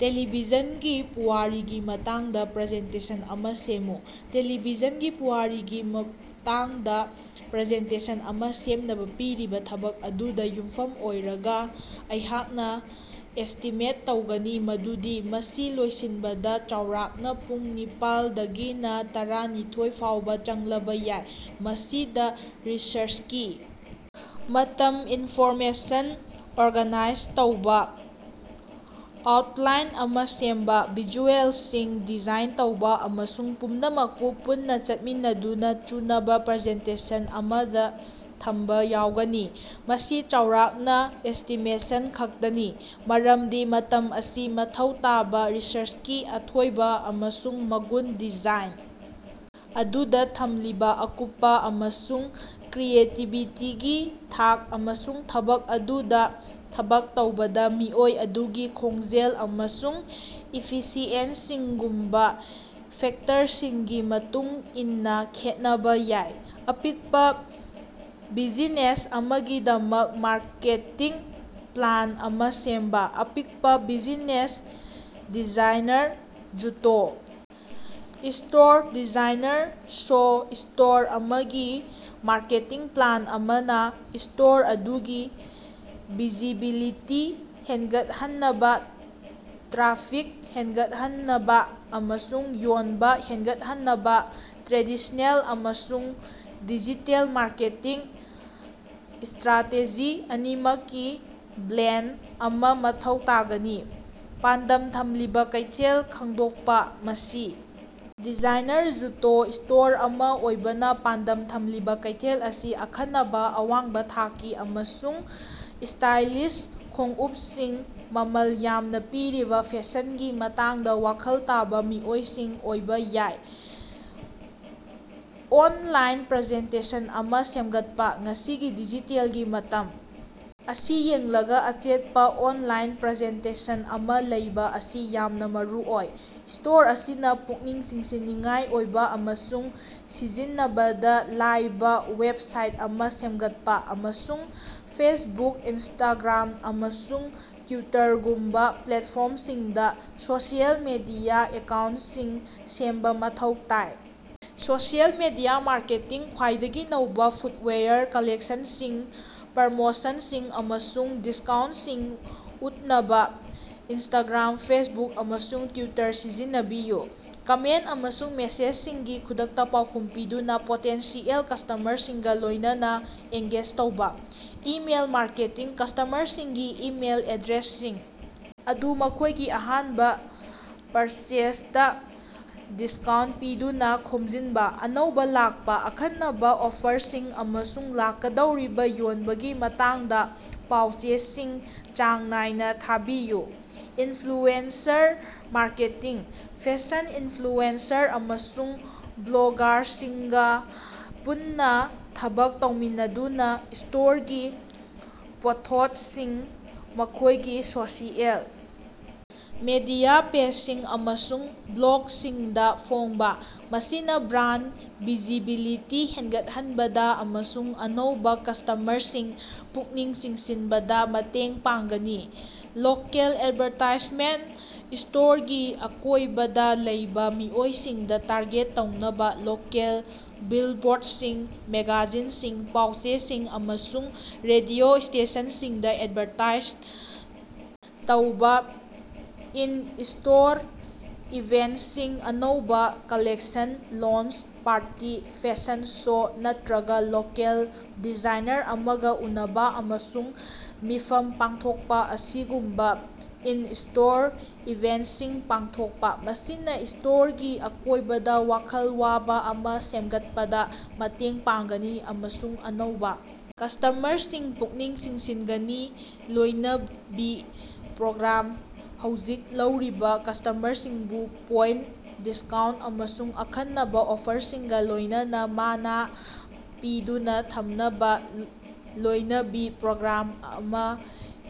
ꯇꯦꯂꯤꯚꯤꯖꯟꯒꯤ ꯄꯨꯋꯥꯔꯤꯒꯤ ꯃꯇꯥꯡꯗ ꯄ꯭ꯔꯖꯦꯟꯇꯦꯁꯟ ꯑꯃ ꯁꯦꯝꯃꯨ꯫ ꯇꯦꯂꯤꯚꯤꯖꯟꯒꯤ ꯄꯨꯋꯥꯔꯤꯒꯤ ꯃꯇꯥꯡꯗ ꯄ꯭ꯔꯖꯦꯟꯇꯦꯁꯟ ꯑꯃ ꯁꯦꯝꯅꯕꯥ ꯄꯤꯔꯤꯕ ꯊꯕꯛ ꯑꯗꯨꯗ ꯌꯨꯝꯐꯝ ꯑꯣꯏꯔꯒ ꯑꯩꯍꯥꯛꯅ ꯑꯦꯁꯇꯤꯃꯦꯠ ꯇꯧꯒꯅꯤ ꯃꯗꯨꯗꯤ ꯃꯁꯤ ꯂꯣꯏꯁꯤꯟꯕꯗꯥ ꯆꯥꯎꯔꯥꯛꯅ ꯄꯨꯡ ꯅꯤꯄꯥꯜ ꯗꯒꯤꯅ ꯇꯔꯥꯅꯤꯊꯣꯏ ꯐꯥꯎꯕꯥ ꯆꯪꯂꯕ ꯌꯥꯏ꯫ ꯃꯁꯤꯗ ꯔꯤꯁ꯭ꯔꯆꯀꯤ ꯃꯇꯝ, ꯏꯟꯐꯣꯔꯃꯦꯁꯟ ꯑꯣꯔꯒꯅꯥꯏꯖ ꯇꯧꯕ, ꯑꯥꯎꯠꯂꯥꯏꯟ ꯑꯃ ꯁꯦꯝꯕ, ꯚꯤꯖꯨꯑꯦꯜꯁꯤꯡ ꯗꯤꯖꯥꯏꯟ ꯇꯧꯕ ꯑꯃꯁꯨꯡ ꯄꯨꯝꯅꯃꯛꯄꯨ ꯄꯨꯟꯅ ꯆꯠꯃꯤꯟꯅꯗꯨꯅ ꯆꯨꯅꯕ ꯄ꯭ꯔꯖꯦꯟꯇꯦꯁꯟ ꯑꯃꯗ ꯊꯝꯕ ꯌꯥꯎꯒꯅꯤ꯫ ꯃꯁꯤ ꯆꯥꯎꯔꯥꯛꯅ ꯑꯦꯁꯇꯤꯃꯦꯁꯟ ꯈꯛꯇꯅꯤ ꯃꯔꯝꯗꯤ ꯃꯇꯝ ꯑꯁꯤ ꯃꯊꯧ ꯇꯥꯕ ꯔꯤꯁ꯭ꯔꯆꯀꯤ ꯑꯊꯣꯏꯕ ꯑꯃꯁꯨꯡ ꯃꯒꯨꯟ, ꯗꯤꯖꯥꯏꯟ ꯑꯗꯨꯗ ꯊꯝꯂꯤꯕ ꯑꯀꯨꯞꯄ ꯑꯃꯁꯨꯡ ꯀ꯭ꯔꯤꯌꯦꯇꯤꯕꯤꯇꯤꯒꯤ ꯊꯥꯛ, ꯑꯃꯁꯨꯡ ꯊꯕꯛ ꯑꯗꯨꯗ ꯊꯕꯛ ꯇꯧꯕꯗ ꯃꯤꯑꯣꯏ ꯑꯗꯨꯒꯤ ꯈꯣꯡꯖꯦꯜ ꯑꯃꯁꯨꯡ ꯏꯐꯤꯁꯤꯑꯦꯟꯁꯤꯡꯒꯨꯝꯕꯥ ꯐꯦꯛꯇꯔꯁꯤꯡꯒꯤ ꯃꯇꯨꯡ ꯏꯟꯅ ꯈꯦꯠꯅꯕꯥ ꯌꯥꯏ꯫ ꯑꯄꯤꯛꯄ ꯕꯤꯖꯤꯅꯦꯁ ꯑꯃꯒꯤꯗꯃꯛ ꯃꯥꯔꯀꯦꯇꯤꯡ ꯄ꯭ꯂꯥꯟ ꯑꯃ ꯁꯦꯝꯕ꯫ ꯑꯄꯤꯛꯄ ꯕꯤꯖꯤꯅꯦꯁ - ꯗꯤꯖꯥꯏꯅꯔ ꯖꯨꯇꯣ ꯢꯁ꯭ꯇꯣꯔ꯫ ꯗꯤꯖꯥꯏꯅꯔ ꯁꯣ ꯁ꯭ꯇꯣꯔ ꯑꯃꯒꯤ ꯃꯥꯔꯀꯦꯇꯤꯡ ꯄ꯭ꯂꯥꯟ ꯑꯃꯅ ꯢꯁ꯭ꯇꯣꯔ ꯑꯗꯨꯒꯤ ꯚꯤꯖꯤꯕꯤꯂꯤꯇꯤ ꯍꯦꯟꯒꯠꯍꯟꯅꯕꯥ, ꯇ꯭ꯔꯥꯐꯤꯛ ꯍꯦꯟꯒꯠꯍꯟꯅꯕꯥ ꯑꯃꯁꯨꯡ ꯌꯣꯟꯕ ꯍꯦꯟꯒꯠꯍꯟꯅꯕꯥ ꯇ꯭ꯔꯦꯗꯤꯁꯅꯦꯜ ꯑꯃꯁꯨꯡ ꯗꯤꯖꯤꯇꯦꯜ ꯃꯥꯔꯀꯦꯇꯤꯡ ꯁ꯭ꯇꯔꯥꯇꯦꯖꯤ ꯑꯅꯤꯃꯛꯀꯤ ꯕ꯭ꯂꯦꯟꯗ ꯑꯃ ꯃꯊꯧ ꯇꯥꯒꯅꯤ꯫ ꯄꯥꯟꯗꯝ ꯊꯝꯂꯤꯕ ꯀꯩꯊꯦꯜ ꯈꯪꯗꯣꯛꯄ - ꯃꯁꯤ ꯗꯤꯖꯥꯏꯅꯔ ꯖꯨꯇꯣ ꯁ꯭ꯇꯣꯔ ꯑꯃ ꯑꯣꯏꯕꯅ ꯄꯥꯟꯗꯝ ꯊꯝꯂꯤꯕ ꯀꯩꯊꯦꯜ ꯑꯁꯤ ꯑꯈꯟꯅꯕꯥ, ꯑꯋꯥꯡꯕ ꯊꯥꯛꯀꯤ ꯑꯃꯁꯨꯡ ꯁ꯭ꯇꯥꯏꯂꯤꯁ ꯈꯣꯡꯎꯞꯁꯤꯡꯕꯨ ꯃꯃꯜ ꯌꯥꯝꯅ ꯄꯤꯔꯤꯕ ꯐꯦꯁꯟꯒꯤ ꯃꯇꯥꯡꯗ‌ ꯋꯥꯈꯜ ꯇꯥꯕ ꯃꯤꯑꯣꯏꯁꯤꯡ ꯑꯣꯏꯕ ꯌꯥꯏ꯫ ꯑꯣꯟꯂꯥꯏꯟ ꯄ꯭ꯔꯦꯖꯦꯟꯁ ꯑꯃ ꯁꯦꯝꯒꯠꯄ - ꯉꯁꯤꯒꯤ ꯗꯤꯖꯤꯇꯦꯜꯒꯤ ꯃꯇꯝ ꯑꯁꯤ ꯌꯦꯡꯂꯒꯥ, ꯑꯆꯦꯠꯄ ꯑꯣꯟꯂꯥꯏꯟ ꯄ꯭ꯔꯦꯖꯦꯟꯁ ꯑꯃ ꯂꯩꯕ ꯑꯁꯤ ꯌꯥꯝꯅ ꯃꯔꯨꯑꯣꯏ꯫ ꯁ꯭ꯇꯣꯔ ꯑꯁꯤꯅ ꯄꯨꯛꯅꯤꯡ ꯆꯤꯡꯁꯤꯟꯅꯤꯡꯉꯥꯏ ꯑꯣꯏꯕ ꯑꯃꯁꯨꯡ ꯁꯤꯖꯤꯟꯅꯕꯗ ꯂꯥꯏꯕ ꯋꯦꯕꯁꯥꯏꯠ ꯑꯃ ꯁꯦꯝꯒꯠꯄ ꯑꯃꯁꯨꯡ ꯐꯦꯁꯕꯨꯛ, ꯏꯟꯁꯇꯥꯒ꯭ꯔꯥꯝ, ꯑꯃꯁꯨꯡ ꯇ꯭ꯌꯨꯇꯔꯒꯨꯝꯕ ꯄ꯭ꯂꯦꯠꯐꯣ꯭ꯔꯝꯁꯤꯡꯗ ꯁꯣꯁꯤꯑꯦꯜ ꯃꯤꯗꯤꯌꯥ ꯑꯦꯀꯥꯎꯟꯇꯁꯤꯡ ꯁꯦꯝꯕ ꯃꯊꯧ ꯇꯥꯏ꯫ ꯁꯣꯁꯤꯑꯦꯜ ꯃꯤꯗꯤꯌꯥ ꯃꯥꯔꯀꯦꯇꯤꯡ - ꯈ꯭ꯋꯥꯏꯗꯒꯤ ꯅꯧꯕ ꯐꯨꯇꯋꯦꯌꯔ ꯀꯥꯂꯦꯛꯁꯟꯁꯤꯡ, ꯄ꯭ꯔꯃꯣꯁꯟꯁꯤꯡ, ꯑꯃꯁꯨꯡ ꯗꯤꯁꯀꯥꯎꯟꯇꯁꯤꯡ ꯎꯠꯅꯕꯥ ꯏꯟꯁꯇꯥꯒ꯭ꯔꯥꯝ, ꯐꯦꯁꯕꯨꯛ, ꯑꯃꯁꯨꯡ ꯇ꯭ꯌꯨꯇꯔ ꯁꯤꯖꯤꯟꯅꯕꯤꯌꯨ꯫ ꯀꯥꯃꯦꯟꯇ ꯑꯃꯁꯨꯡ ꯃꯦꯁꯦꯖꯁꯤꯡꯒꯤ ꯈꯨꯗꯛꯇ ꯄꯥꯎꯈꯨꯝ ꯄꯤꯗꯨꯅ ꯄꯣꯇꯦꯟꯁꯤꯑꯦꯜ ꯀꯁ꯭ꯇꯃꯔꯁꯤꯡꯒ ꯂꯣꯏꯅꯅꯥ ꯑꯦꯡꯒꯦꯖ ꯇꯧꯕ꯫ ꯏꯃꯦꯜ ꯃꯥꯔꯀꯦꯇꯤꯡ -ꯀꯁ꯭ꯇꯃꯔꯁꯤꯡꯒꯤ ꯏꯃꯦꯏꯜ ꯑꯦꯗ꯭ꯔꯦꯁꯁꯤꯡ ꯑꯗꯨ ꯃꯈꯣꯏꯒꯤ ꯑꯍꯥꯟꯕ ꯄꯔꯆꯦꯖꯗꯥ ꯗꯤꯁꯀꯥꯎꯟꯇ ꯄꯤꯗꯨꯅ ꯈꯣꯝꯖꯤꯟꯕ꯫ ꯑꯅꯧꯕ ꯂꯥꯛꯄ, ꯑꯈꯟꯅꯕꯥ ꯑꯣꯐꯔꯁꯤꯡ, ꯑꯃꯁꯨꯡ ꯂꯥꯛꯀꯗꯧꯔꯤꯕ ꯌꯣꯟꯕꯒꯤ ꯃꯇꯥꯡꯗ ꯄꯥꯎ-ꯆꯦꯁꯤꯡ ꯆꯥꯡ ꯅꯥꯏꯅ ꯊꯥꯕꯤꯌꯨ꯫ ꯏꯟꯐ꯭ꯂꯨꯑꯦꯟꯁꯔ ꯃꯥꯔꯀꯦꯇꯤꯡ - ꯐꯦꯁꯟ ꯏꯟꯐ꯭ꯂꯨꯑꯦꯟꯁꯔ ꯑꯃꯁꯨꯡ ꯕ꯭ꯂꯣꯒꯥꯔꯁꯤꯡꯒ ꯄꯨꯟꯅ ꯊꯕꯛ ꯇꯧꯃꯤꯟꯅꯗꯨꯅ ꯢꯁ꯭ꯇꯣꯔꯒꯤ ꯄꯣꯠꯊꯣꯠꯁꯤꯡ ꯃꯈꯣꯏꯒꯤ ꯁꯣꯁꯤꯑꯦꯜ ꯃꯤꯗꯤꯌꯥ ꯄꯦꯖꯁꯤꯡ ꯑꯃꯁꯨꯡ ꯕ꯭ꯂꯣꯒꯁꯤꯡꯗ ꯐꯣꯡꯕ꯫ ꯃꯁꯤꯅ ꯕ꯭ꯔꯥꯟꯗ ꯚꯤꯖꯤꯕꯤꯂꯤꯇꯤ ꯍꯦꯟꯒꯠꯍꯟꯕꯗ ꯑꯃꯁꯨꯡ ꯑꯅꯧꯕ ꯀꯁ꯭ꯇꯃꯔꯁꯤꯡ ꯄꯨꯛꯅꯤꯡ ꯆꯤꯡꯁꯤꯟꯕꯗ ꯃꯇꯦꯡ ꯄꯥꯡꯒꯅꯤ꯫ ꯂꯣꯀꯦꯜ ꯑꯦꯗꯚꯥꯔꯇꯥꯏꯖꯃꯦꯟꯇ - ꯢꯁ꯭ꯇꯣꯔꯒꯤ ꯑꯀꯣꯏꯕꯗꯥ ꯂꯩꯕ ꯃꯤꯑꯣꯏꯁꯤꯡꯗ ꯇꯥꯔꯒꯦꯠ ꯇꯧꯅꯕ ꯂꯣꯀꯦꯜ ꯕꯤꯜꯕꯣꯔꯗꯁꯤꯡ, ꯃꯦꯒꯥꯖꯤꯟꯁꯤꯡ, ꯄꯥꯎ-ꯆꯦꯁꯤꯡ, ꯑꯃꯁꯨꯡ ꯔꯦꯗꯤꯑꯣ ꯁ꯭ꯇꯦꯁꯟꯁꯤꯡꯗ ꯑꯦꯗꯚꯥꯔꯇꯥꯏꯖ ꯇꯧꯕ꯫ ꯏꯟ-ꯁ꯭ꯇꯣꯔ ꯏꯚꯦꯟꯇꯁꯤꯡ - ꯑꯅꯧꯕ collection launch party, fashion show, ꯅꯠꯇꯔꯒ ꯂꯣꯀꯦꯜ ꯗꯤꯖꯥꯏꯅꯔ ꯑꯃꯒ ꯎꯅꯕꯥ ꯑꯃꯁꯨꯡ ꯃꯤꯐꯝ ꯄꯥꯡꯊꯣꯛꯄ ꯑꯁꯤꯒꯨꯝꯕ ꯏꯟ-ꯁ꯭ꯇꯣꯔ ꯏꯚꯦꯟꯇꯁꯤꯡ ꯄꯥꯡꯊꯣꯛꯄ꯫ ꯃꯁꯤꯅ ꯁ꯭ꯇꯣꯔꯒꯤ ꯑꯀꯣꯏꯕꯗꯥ ꯋꯥꯈꯜ ꯋꯥꯕ ꯑꯃ ꯁꯦꯝꯒꯠꯄꯗ ꯃꯇꯦꯡ ꯄꯥꯡꯒꯅꯤ ꯑꯃꯁꯨꯡ ꯑꯅꯧꯕ ꯀꯁ꯭ꯇꯃꯔꯁꯤꯡ ꯄꯨꯛꯅꯤꯡ ꯆꯤꯡꯁꯤꯟꯒꯅꯤ꯫ ꯂꯣꯏꯅꯕꯤ ꯄ꯭ꯔꯣꯒ꯭ꯔꯥꯝ - ꯍꯧꯖꯤꯛ ꯂꯩꯔꯤꯕ ꯀꯁ꯭ꯇꯃꯔꯁꯤꯡꯕꯨ ꯄꯣꯏꯟꯇ, ꯗꯤꯁꯀꯥꯎꯟꯇ ꯑꯃꯁꯨꯡ ꯑꯈꯟꯅꯕ ꯑꯣꯐꯔꯁꯤꯡꯒ ꯂꯣꯏꯅꯅꯥ ꯃꯥꯅꯥ ꯄꯤꯗꯨꯅ ꯊꯝꯅꯕꯥ ꯂꯣꯏꯅꯕꯤ ꯄ꯭ꯔꯣꯒ꯭ꯔꯥꯝ ꯑꯃ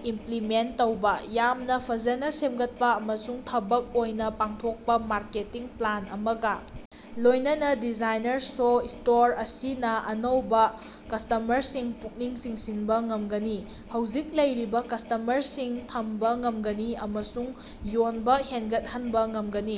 ꯏꯝꯄ꯭ꯂꯤꯃꯦꯟꯇ ꯇꯧꯕ꯫ ꯌꯥꯝꯅ ꯐꯖꯅ‌ ꯁꯦꯝꯒꯠꯄ ꯑꯃꯁꯨꯡ ꯊꯕꯛ ꯑꯣꯏꯅ ꯄꯥꯡꯊꯣꯛꯄ ꯃꯥꯔꯀꯦꯇꯤꯡ ꯄ꯭ꯂꯥꯟ ꯑꯃꯒ ꯂꯣꯏꯅꯅꯥ ꯗꯤꯖꯥꯏꯅꯔ ꯁꯣ ꯁ꯭ꯇꯣꯔ ꯑꯁꯤꯅ ꯑꯅꯧꯕ ꯀꯁ꯭ꯇꯃꯔꯁꯤꯡ ꯄꯨꯛꯅꯤꯡ ꯆꯤꯡꯁꯤꯟꯕ ꯉꯝꯒꯅꯤ, ꯍꯧꯖꯤꯛ ꯂꯩꯔꯤꯕ ꯀꯁ꯭ꯇꯃꯔꯁꯤꯡ ꯊꯝꯕ ꯉꯝꯒꯅꯤ ꯑꯃꯁꯨꯡ ꯌꯣꯟꯕ ꯍꯦꯟꯒꯠꯍꯟꯕ ꯉꯝꯒꯅꯤ꯫